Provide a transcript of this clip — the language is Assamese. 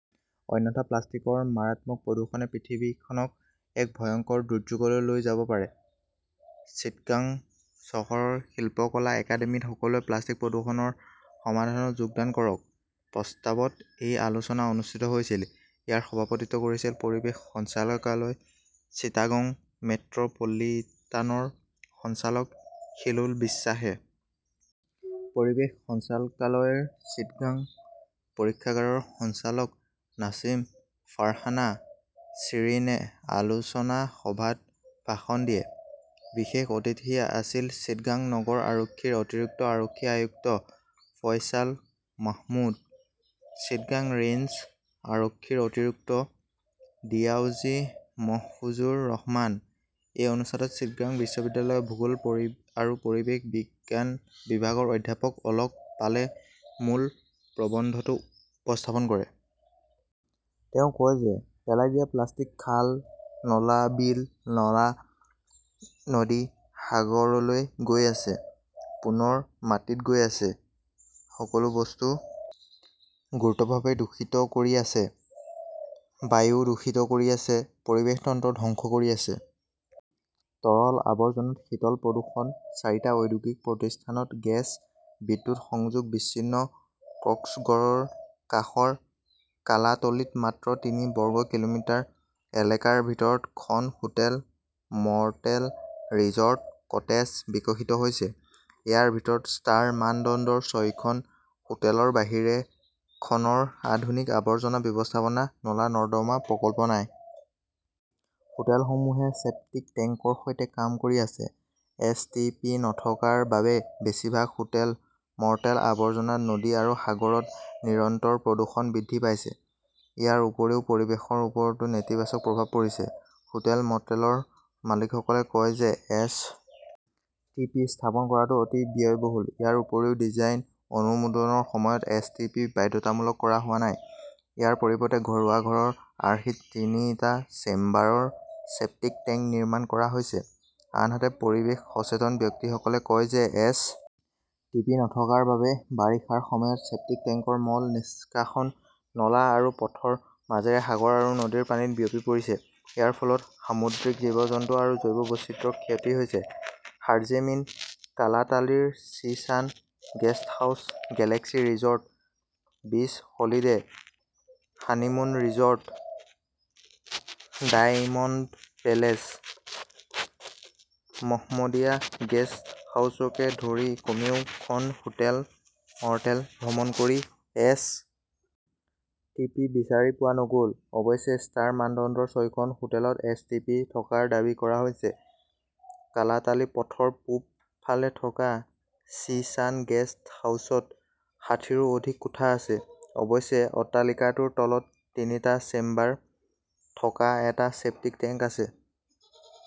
অন্যথা প্লাষ্টিকৰ মাৰাত্মক প্ৰদূষণে পৃথিৱীখনক এক ভয়ংকৰ দুৰ্যোগলৈ লৈ যাব পাৰে। চিটাগং চহৰৰ শিল্পকলা একাডেমীত 'সকলোৱে প্লাষ্টিক প্ৰদূষণৰ সমাধানত যোগদান কৰক' প্ৰস্তাৱত এই আলোচনা অনুষ্ঠিত হৈছিল। ইয়াৰ সভাপতিত্ব কৰিছিল পৰিৱেশ সঞ্চালকালয় চিটাগং মেট্ৰ 'পলিটানৰ সঞ্চালক হিলোল বিশ্বাসে। পৰিৱেশ সঞ্চালকালয়ৰ চিটাগং পৰীক্ষাগাৰৰ সঞ্চালক নাছিম ফাৰহানা শ্বিৰিনে আলোচনা সভাত ভাষণ দিয়ে। বিশেষ অতিথি আছিল চিটাগং নগৰ আৰক্ষীৰ অতিৰিক্ত আৰক্ষী আয়ুক্ত ফয়ছাল মাহমুদ, চিটাগং ৰেঞ্জ আৰক্ষীৰ অতিৰিক্ত ডিআইজি মহফুজুৰ ৰহমান। এই অনুষ্ঠানত চিটাগং বিশ্ববিদ্যালয়ৰ ভূগোল আৰু পৰিৱেশ বিজ্ঞান বিভাগৰ অধ্যাপক অলক পালে মূল প্ৰবন্ধটো উপস্থাপন কৰে। তেওঁ কয় যে পেলাই দিয়া প্লাষ্টিক খাল, নলা, বিল, নলা, নদী, সাগৰলৈ গৈ আছে। পুনৰ মাটিত গৈ আছে। সকলো বস্তু গুৰুতৰভাৱে দূষিত কৰি আছে। বায়ু দূষিত কৰি আছে। পৰিৱেশ তন্ত্ৰ ধ্বংস কৰি আছে। তৰল আৱৰ্জনাত শীতল প্ৰদূষণ, চাৰিটা ঔদ্যোগিক প্ৰতিষ্ঠানত গেছ, বিদ্যুৎ সংযোগ বিচ্ছিন্ন কক্সগড়ৰ কাষৰ কালাতলীত মাত্ৰ তিনি বৰ্গ কিলোমিটাৰ এলেকাৰ ভিতৰত খন হোটেল, ম'টেল, ৰিজৰ্ট, কটেজ বিকশিত হৈছে। ইয়াৰ ভিতৰত ষ্টাৰ মানদণ্ডৰ ছয়খন হোটেলৰ বাহিৰে খনৰ আধুনিক আৱৰ্জনা ব্যৱস্থাপনা নলা-নৰ্দমা প্ৰকল্প নাই। হোটেলসমূহে ছেপ্টিক টেংকৰ সৈতে কাম কৰি আছে। এছ. টি. পি. নথকাৰ বাবে বেছিভাগ হোটেল, ম'টেলৰ আৱৰ্জনাত নদী আৰু সাগৰত নিৰন্তৰ প্ৰদূষণ বৃদ্ধি পাইছে। ইয়াৰ উপৰিও পৰিৱেশৰ ওপৰতো নেতিবাচক প্ৰভাৱ পৰিছে। হোটেল-মটেলৰ মালিকসকলে কয় যে এছ. টি. পি. স্থাপন কৰাটো অতি ব্যয়বহুল। ইয়াৰ উপৰিও ডিজাইন অনুমোদনৰ সময়ত এছ. টি. পি. বাধ্যতামূলক কৰা হোৱা নাই। ইয়াৰ পৰিৱৰ্তে ঘৰুৱা ঘৰৰ আৰ্হিত তিনিটা চেম্বাৰৰ ছেপ্টিক টেংক নিৰ্মাণ কৰা হৈছে। আনহাতে, পৰিৱেশ সচেতন ব্যক্তিসকলে কয় যে এছ. টি. পি. নথকাৰ বাবে বাৰিষাৰ সময়ত ছেপ্টিক টেংকৰ মল নিষ্কাশন নলা আৰু পথৰ মাজেৰে সাগৰ আৰু নদীৰ পানীত বিয়পি পৰিছে। ইয়াৰ ফলত সামুদ্ৰিক জীৱ-জন্তু আৰু জৈৱ বৈচিত্ৰ্যৰ ক্ষতি হৈছে। সৰ্জেমিন কালাতালীৰ sea sun guesthouse Galaxy resort, বিচ holiday, honeymoon resort, diamond palace, Mohammadia গেষ্টহাউছকে ধৰি কমেও খন হোটেল, ম'টেল ভ্ৰমণ কৰি এছ. টি. পি. বিচাৰি পোৱা নগ'ল। অৱশ্যে, ষ্টাৰ মানদণ্ডৰ ছয়খন হোটেলত এছ. টি. পি. থকাৰ দাবী কৰা হৈছে। কালাতালি পথৰ পূব ফালে থকা চি ছান গেস্ট হাউচত ষাঠিৰো অধিক কোঠা আছে। অৱশ্যে, অট্টালিকাটোৰ তলত তিনিটা চেম্বাৰ থকা এটা ছেপ্টিক টেংক আছে।